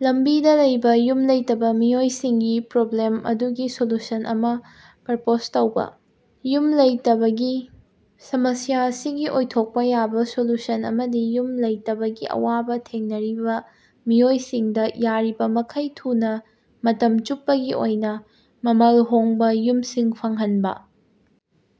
ꯂꯝꯕꯤꯗ ꯂꯩꯕ ꯌꯨꯝ ꯂꯩꯇꯕꯥ ꯃꯤꯑꯣꯏꯁꯤꯡꯒꯤ ꯄ꯭ꯔꯣꯕ꯭ꯂꯦꯝ ꯑꯗꯨꯒꯤ ꯁꯣꯂꯨꯁꯟ ꯑꯃ ꯄ꯭ꯔꯄꯣꯖ ꯇꯧꯕ꯫ ꯌꯨꯝ ꯂꯩꯇꯕꯒꯤ ꯁꯃꯁ꯭ꯌꯥ ꯑꯁꯤꯒꯤ ꯑꯣꯏꯊꯣꯛꯄ ꯌꯥꯕ ꯁꯣꯂꯨꯁꯟ ꯑꯃꯗꯤ ꯌꯨꯝ ꯂꯩꯇꯕꯒꯤ ꯑꯋꯥꯕ ꯊꯦꯡꯅꯔꯤꯕ ꯃꯤꯑꯣꯏꯁꯤꯡꯗ ꯌꯥꯔꯤꯕꯃꯈꯩ ꯊꯨꯅ ꯃꯇꯝ ꯆꯨꯞꯄꯒꯤ ꯑꯣꯏꯅ, ꯃꯃꯜ ꯍꯣꯡꯕ ꯌꯨꯝꯁꯤꯡ ꯐꯪꯍꯟꯕ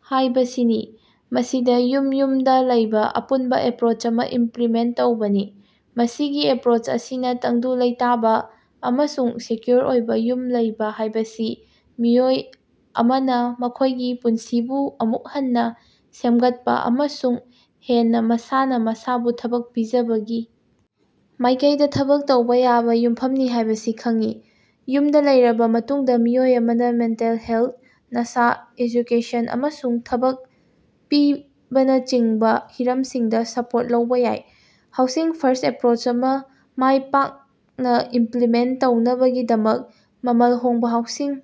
ꯍꯥꯏꯕꯁꯤꯅꯤ, ꯃꯁꯤꯗ ꯌꯨꯝ-ꯌꯨꯝꯗ ꯂꯩꯕ ꯑꯄꯨꯟꯕ ꯑꯦꯄ꯭ꯔꯣꯆ ꯑꯃ ꯏꯝꯄ꯭ꯂꯤꯃꯦꯟꯇ ꯇꯧꯕꯅꯤ꯫ ꯃꯁꯤꯒꯤ ꯑꯦꯄ꯭ꯔꯣꯆ ꯑꯁꯤꯅ ꯇꯪꯗꯨ ꯂꯩꯇꯥꯕ ꯑꯃꯁꯨꯡ ꯁꯦꯀ꯭ꯌꯨꯔ ꯑꯣꯏꯕ ꯌꯨꯝ ꯂꯩꯕ ꯍꯥꯏꯕꯁꯤ ꯃꯤꯑꯣꯏ ꯑꯃꯅ ꯃꯈꯣꯏꯒꯤ ꯄꯨꯟꯁꯤꯕꯨ ꯑꯃꯨꯛ ꯍꯟꯅ ꯁꯦꯝꯒꯠꯄ ꯑꯃꯁꯨꯡ ꯍꯦꯟꯅ ꯃꯁꯥꯅ ꯃꯁꯥꯕꯨ ꯊꯕꯛ ꯄꯤꯖꯕꯒꯤ ꯃꯥꯏꯀꯩꯗ ꯊꯕꯛ ꯇꯧꯕ ꯌꯥꯕ ꯌꯨꯝꯐꯝꯅꯤ ꯍꯥꯏꯕꯁꯤ ꯈꯪꯏ꯫ ꯌꯨꯝꯗ ꯂꯩꯔꯕꯥ ꯃꯇꯨꯡꯗ, ꯃꯤꯑꯣꯏ ꯑꯃꯅ ꯃꯦꯟꯇꯦꯜ ꯍꯦꯜꯊ, ꯅꯁꯥ, ꯑꯦꯖꯨꯀꯦꯁꯟ, ꯑꯃꯁꯨꯡ ꯊꯕꯛ ꯄꯤꯕꯅꯆꯤꯡꯕ ꯍꯤꯔꯝꯁꯤꯡꯗ ꯁꯄꯣꯔꯠ ꯂꯧꯕ ꯌꯥꯏ꯫ ꯍꯥꯎꯁꯤꯡ-ꯐꯔꯁ꯭ꯠ ꯑꯦꯄ꯭ꯔꯣꯆ ꯑꯃ ꯃꯥꯏ ꯄꯥꯛꯅ ꯏꯝꯄ꯭ꯂꯤꯃꯦꯟꯇ ꯇꯧꯅꯕꯒꯤꯗꯃꯛ, ꯃꯃꯜ ꯍꯣꯡꯕ ꯍꯥꯎꯁꯤꯡ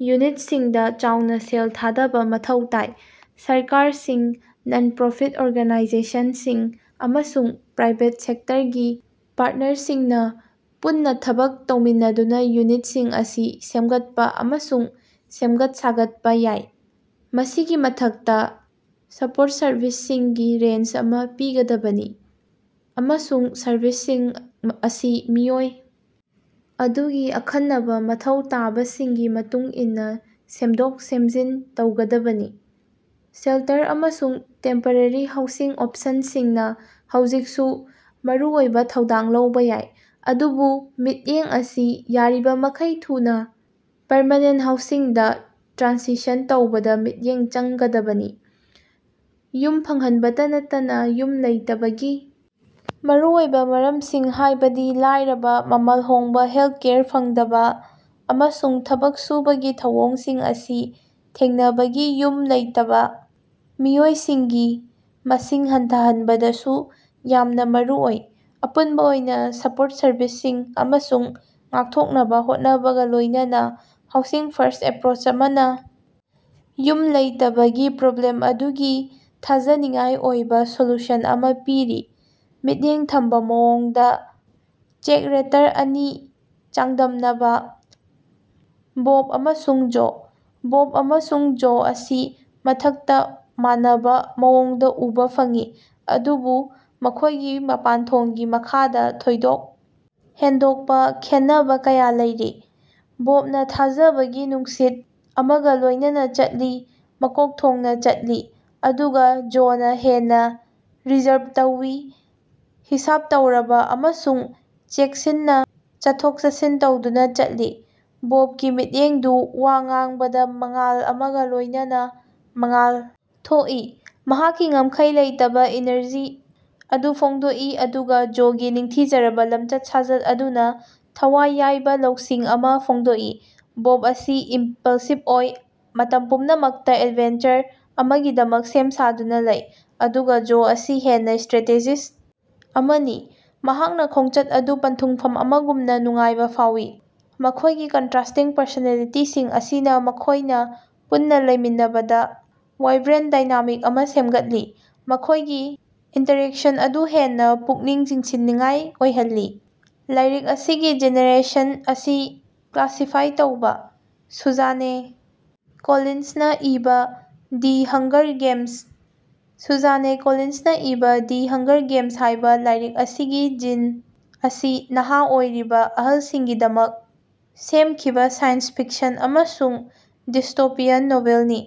ꯌꯨꯅꯤꯠꯁꯤꯡꯗ ꯆꯥꯎꯅ ꯁꯦꯜ ꯊꯥꯗꯕ ꯃꯊꯧ ꯇꯥꯏ꯫ ꯁꯔꯀꯥꯔꯁꯤꯡ, ꯅꯟ-ꯄ꯭ꯔꯣꯐꯤꯠ ꯑꯣꯔꯒꯅꯥꯏꯖꯦꯁꯟꯁꯤꯡ, ꯑꯃꯁꯨꯡ ꯄ꯭ꯔꯥꯏꯕꯦꯠ ꯁꯦꯛꯇꯔꯒꯤ ꯄꯥꯔꯇꯅꯔꯁꯤꯡꯅ ꯄꯨꯟꯅ ꯊꯕꯛ ꯇꯧꯃꯤꯟꯅꯗꯨꯅ ꯌꯨꯅꯤꯠꯁꯤꯡ ꯑꯁꯤ ꯁꯦꯝꯒꯠꯄ ꯑꯃꯁꯨꯡ ꯁꯦꯝꯒꯠ-ꯁꯥꯒꯠꯄ ꯌꯥꯏ꯫ ꯃꯁꯤꯒꯤ ꯃꯊꯛꯇ, ꯁꯄꯣꯔꯠ ꯁꯔꯚꯤꯁꯁꯤꯡꯒꯤ ꯔꯦꯟꯖ ꯑꯃ ꯄꯤꯒꯗꯕꯅꯤ, ꯑꯃꯁꯨꯡ ꯁꯔꯚꯤꯁꯁꯤꯡ ꯑ ꯑꯁꯤ ꯃꯤꯑꯣꯏ ꯑꯗꯨꯒꯤ ꯑꯈꯟꯅꯕ ꯃꯊꯧ ꯇꯥꯕꯁꯤꯡꯒꯤ ꯃꯇꯨꯡꯏꯟꯅ ꯁꯦꯝꯗꯣꯛ-ꯁꯦꯝꯖꯤꯟ ꯇꯧꯒꯗꯕꯅꯤ꯫ ꯁꯦꯜꯇꯔ ꯑꯃꯁꯨꯡ ꯇꯦꯝꯄꯔꯦꯔꯤ ꯍꯥꯎꯁꯤꯡ ꯑꯣꯞꯁꯟꯁꯤꯡꯅ ꯍꯧꯖꯤꯛꯁꯨ ꯃꯔꯨꯑꯣꯏꯕ‌ ꯊꯧꯗꯥꯡ ꯂꯧꯕ‌ ꯌꯥꯏ, ꯑꯗꯨꯕꯨ ꯃꯤꯠꯌꯦꯡ ꯑꯁꯤ ꯌꯥꯔꯤꯕꯃꯈꯩ ꯊꯨꯅ ꯄꯔꯃꯦꯅꯦꯟꯇ ꯍꯥꯎꯁꯤꯡꯗ ꯇ꯭ꯔꯥꯟꯁꯤꯁꯟ ꯇꯧꯕꯗ ꯃꯤꯠꯌꯦꯡ ꯆꯪꯒꯗꯕꯅꯤ꯫ ꯌꯨꯝ ꯐꯪꯍꯟꯕꯇ ꯅꯠꯇꯅꯥ, ꯌꯨꯝ ꯂꯩꯇꯕꯒꯤ ꯃꯔꯨ ꯑꯣꯏꯕ ꯃꯔꯝꯁꯤꯡ ꯍꯥꯏꯕꯗꯤ ꯂꯥꯏꯔꯕ, ꯃꯃꯜ ꯍꯣꯡꯕꯥꯍꯦꯜꯊꯀꯦꯌꯔ ꯐꯪꯗꯕ, ꯑꯃꯁꯨꯡ ꯊꯕꯛ ꯁꯨꯕꯒꯤ ꯊꯧꯑꯣꯡꯁꯤꯡ ꯑꯁꯤ ꯊꯦꯡꯅꯕꯒꯤ ꯌꯨꯝ ꯂꯩꯇꯕ ꯃꯤꯑꯣꯏꯁꯤꯡꯒꯤ ꯃꯁꯤꯡ ꯍꯟꯊꯍꯟꯕꯗꯁꯨ ꯌꯥꯝꯅ ꯃꯔꯨ ꯑꯣꯏ꯫ ꯑꯄꯨꯟꯕ ꯑꯣꯏꯅ, ꯁꯄꯣꯔꯠ ꯁꯔꯚꯤꯁꯁꯤꯡ ꯑꯃꯁꯨꯡ ꯉꯥꯛꯊꯣꯛꯅꯕꯥ ꯍꯣꯠꯅꯕꯒ ꯂꯣꯏꯅꯅꯥ ꯍꯥꯎꯁꯤꯡ-ꯐꯔꯁ꯭ꯠ ꯑꯦꯄ꯭ꯔꯣꯆ ꯑꯃꯅ ꯌꯨꯝ ꯂꯩꯇꯕꯒꯤ ꯄ꯭ꯔꯣꯕ꯭ꯂꯦꯝ ꯑꯗꯨꯒꯤ ꯊꯥꯖꯅꯤꯡꯉꯥꯏ ꯑꯣꯏꯕ ꯁꯣꯂꯨꯁꯟ ꯑꯃ ꯄꯤꯔꯤ꯫ ꯃꯤꯠꯌꯦꯡ ꯊꯝꯕ ꯃꯑꯣꯡꯗ ꯆꯦꯛꯔꯦꯇꯔ ꯑꯅꯤ ꯆꯥꯡꯗꯝꯅꯕꯥ - ꯕꯣꯕ ꯑꯃꯁꯨꯡ ꯖꯣ꯫ ꯕꯣꯕ ꯑꯃꯁꯨꯡ ꯖꯣ ꯑꯁꯤ ꯃꯊꯛꯇ ꯃꯥꯟꯅꯕꯥ ꯃꯑꯣꯡꯗ ꯎꯕꯥ ꯐꯪꯏ ꯑꯗꯨꯕꯨ ꯃꯈꯣꯏꯒꯤ ꯃꯄꯥꯟꯊꯣꯡꯒꯤ ꯃꯈꯥꯗ, ꯊꯣꯏꯗꯣꯛ ꯍꯦꯟꯗꯣꯛꯄ ꯈꯦꯟꯅꯕꯥ ꯀꯌꯥ ꯂꯩꯔꯤ꯫ ꯕꯣꯕꯅꯥ ꯊꯥꯖꯕꯒꯤ ꯅꯨꯡꯁꯤꯠ ꯑꯃꯒ ꯂꯣꯏꯅꯅꯥ ꯆꯠꯂꯤ, ꯃꯀꯣꯛ ꯊꯣꯡꯅ ꯆꯠꯂꯤ, ꯑꯗꯨꯒ ꯖꯣꯅꯥ ꯍꯦꯟꯅ ꯔꯤꯖꯔꯚ ꯇꯧꯏ, ꯍꯤꯁꯥꯕ ꯇꯧꯔꯕꯥ ꯑꯃꯁꯨꯡ ꯆꯦꯛꯁꯤꯟꯅ ꯆꯠꯊꯣꯛ-ꯆꯠꯁꯤꯟ ꯇꯧꯗꯨꯅ ꯆꯠꯂꯤ꯫ ꯕꯣꯕꯀꯤ ꯃꯤꯠꯌꯦꯡꯗꯨ ꯋꯥ ꯉꯥꯡꯕꯗ ꯃꯉꯥꯜ ꯑꯃꯒ ꯂꯣꯏꯅꯅ ꯃꯉꯥꯜ ꯊꯣꯛꯏ, ꯃꯍꯥꯛꯀꯤ ꯉꯝꯈꯩ ꯂꯩꯇꯕꯥ ꯏꯅꯔꯖꯤ ꯑꯗꯨ ꯐꯣꯡꯗꯣꯛꯏ ꯑꯗꯨꯒ ꯖꯣꯒꯤ ꯅꯤꯡꯊꯤꯖꯔꯕꯥ ꯂꯝꯆꯠ-ꯁꯥꯖꯠ ꯑꯗꯨꯅ ꯊꯋꯥꯏ ꯌꯥꯏꯕ ꯂꯧꯁꯤꯡ ꯑꯃ ꯐꯣꯡꯗꯣꯛꯏ꯫ ꯕꯣꯕ ꯑꯁꯤ ꯏꯝꯄꯜꯁꯤꯕ ꯑꯣꯏ, ꯃꯇꯝ ꯄꯨꯝꯅꯃꯛꯇ ꯑꯦꯗꯚꯦꯟꯆꯔ ꯑꯃꯒꯤꯗꯃꯛ ꯁꯦꯝ ꯁꯥꯗꯨꯅ ꯂꯩ, ꯑꯗꯨꯒ‌ ꯖꯣ ꯑꯁꯤ ꯍꯦꯟꯅ ꯁ꯭ꯇꯔꯦꯇꯦꯖꯤꯁ꯭ꯠ ꯑꯃꯅꯤ, ꯃꯍꯥꯛꯅ ꯈꯣꯡꯆꯠ ꯑꯗꯨ ꯄꯟꯊꯨꯡꯐꯝ ꯑꯃꯒꯨꯝꯅ‌ ꯅꯨꯡꯉꯥꯏꯕ ꯐꯥꯎꯏ꯫ ꯃꯈꯣꯏꯒꯤ ꯀꯟꯇꯔꯥꯁ꯭ꯇꯤꯡ ꯄꯔꯁꯣꯅꯦꯂꯤꯇꯤꯁꯤꯡ ꯑꯁꯤꯅ ꯃꯈꯣꯏꯅ ꯄꯨꯟꯅ ꯂꯩꯃꯤꯟꯅꯕꯗ ꯋꯥꯏꯕ꯭ꯔꯦꯟꯇ ꯗꯥꯏꯅꯥꯃꯤꯛ ꯑꯃ ꯁꯦꯝꯒꯠꯂꯤ, ꯃꯈꯣꯏꯒꯤ ꯏꯟꯇꯔꯦꯛꯁꯟ ꯑꯗꯨ ꯍꯦꯟꯅ ꯄꯨꯛꯅꯤꯡ ꯆꯤꯡꯁꯤꯟꯅꯤꯡꯉꯥꯏ ꯑꯣꯏꯍꯜꯂꯤ꯫ ꯂꯥꯏꯔꯤꯛ ꯑꯁꯤꯒꯤ ꯖꯦꯅꯔꯦꯁꯟ ꯑꯁꯤ ꯀ꯭ꯂꯥꯁꯤꯐꯥꯏ ꯇꯧꯕꯥ꯫ ꯁꯨꯖꯥꯅꯦ ꯀꯣꯂꯤꯟꯁꯅꯥ ꯏꯕꯥ ꯗꯤ ꯍꯪꯒꯔ ꯒꯦꯝꯁ꯫ ꯁꯨꯖꯥꯅꯦ ꯀꯣꯂꯤꯟꯁꯅꯥ ꯏꯕꯥ, ꯗꯤ ꯍꯪꯒꯔ ꯒꯦꯝꯁ ꯍꯥꯏꯕ‌ ꯂꯥꯏꯔꯤꯛ ꯑꯁꯤꯒꯤ ꯖꯤꯟ ꯑꯁꯤ ꯅꯍꯥ ꯑꯣꯏꯔꯤꯕ ꯑꯍꯜꯁꯤꯡꯒꯤꯗꯃꯛ ꯁꯦꯝꯈꯤꯕ ꯁꯥꯏꯟꯁ ꯐꯤꯛꯁꯟ ꯑꯃꯁꯨꯡ ꯗꯤꯁꯇꯣꯄꯤꯌꯥꯟ ꯅꯣꯚꯦꯜꯅꯤ꯫